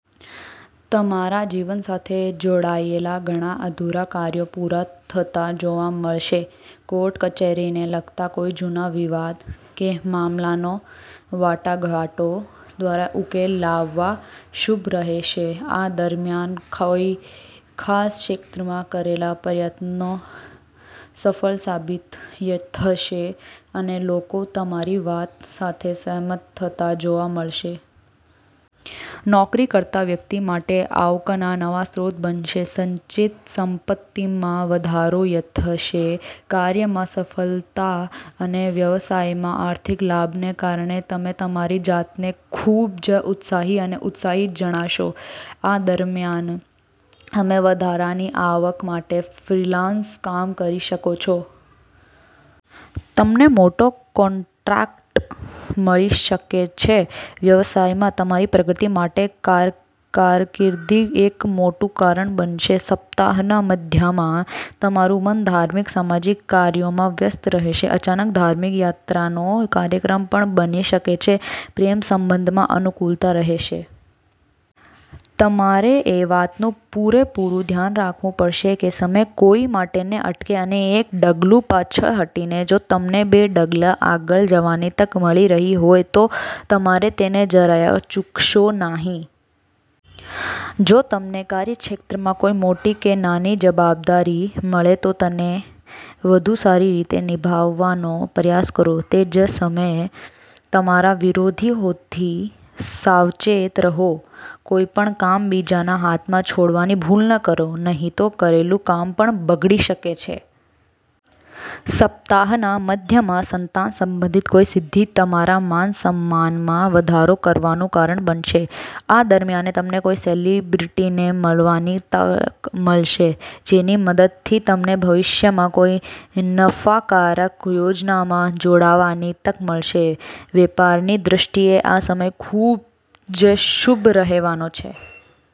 તમારા જીવન સાથે જોડાયેલા ઘણા અધૂરા કાર્યો પૂરા થતા જોવા મળશે. કોર્ટ-કચેરીને લગતા કોઈ જૂના વિવાદ કે મામલાનો વાટાઘાટો દ્વારા ઉકેલ લાવવા શુભ રહેશે. આ દરમિયાન કોઈ ખાસ ક્ષેત્રમાં કરેલા પ્રયત્નો સફળ સાબિત થશે અને લોકો તમારી વાત સાથે સહમત થતા જોવા મળશે. નોકરી કરતા વ્યક્તિ માટે આવકના નવા સ્ત્રોત બનશે. સંચિત સંપત્તિમાં વધારો થશે. કાર્યમાં સફળતા અને વ્યવસાયમાં આર્થિક લાભને કારણે તમે તમારી જાતને ખૂબ જ ઉત્સાહી અને ઉત્સાહી જણાશો. આ દરમિયાન, તમે વધારાની આવક માટે ફ્રીલાન્સ કામ કરી શકો છો. તમને મોટો કોન્ટ્રાક્ટ મળી શકે છે. વ્યવસાયમાં તમારી પ્રગતિ માટે કારકિર્દી એક મોટું કારણ બનશે. સપ્તાહના મધ્યમાં તમારું મન ધાર્મિક-સામાજિક કાર્યોમાં વ્યસ્ત રહેશે. અચાનક ધાર્મિક યાત્રાનો કાર્યક્રમ પણ બની શકે છે. પ્રેમ સંબંધમાં અનુકૂળતા રહેશે. તમારે એ વાતનું પૂરેપૂરું ધ્યાન રાખવું પડશે કે સમય કોઈ માટે ન અટકે અને એક ડગલું પાછળ હટીને જો તમને બે ડગલાં આગળ જવાની તક મળી રહી હોય તો તમારે તેને જરાય ચૂકશો નહીં. જો તમને કાર્યક્ષેત્રમાં કોઈ મોટી કે નાની જવાબદારી મળે તો તેને વધુ સારી રીતે નિભાવવાનો પ્રયાસ કરો. તે જ સમયે, તમારા વિરોધીઓથી સાવચેત રહો. કોઈ પણ કામ બીજાના હાથમાં છોડવાની ભૂલ ન કરો, નહીં તો કરેલું કામ પણ બગડી શકે છે. સપ્તાહના મધ્યમાં સંતાન સંબંધિત કોઈ સિદ્ધિ તમારા માન-સન્માનમાં વધારો કરવાનું કારણ બનશે. આ દરમિયાન, તમને કોઈ સેલિબ્રિટીને મળવાની તક મળશે, જેની મદદથી તમને ભવિષ્યમાં કોઈ નફાકારક યોજનામાં જોડાવાની તક મળશે. વેપારની દૃષ્ટિએ આ સમય ખૂબ જ શુભ રહેવાનો છે.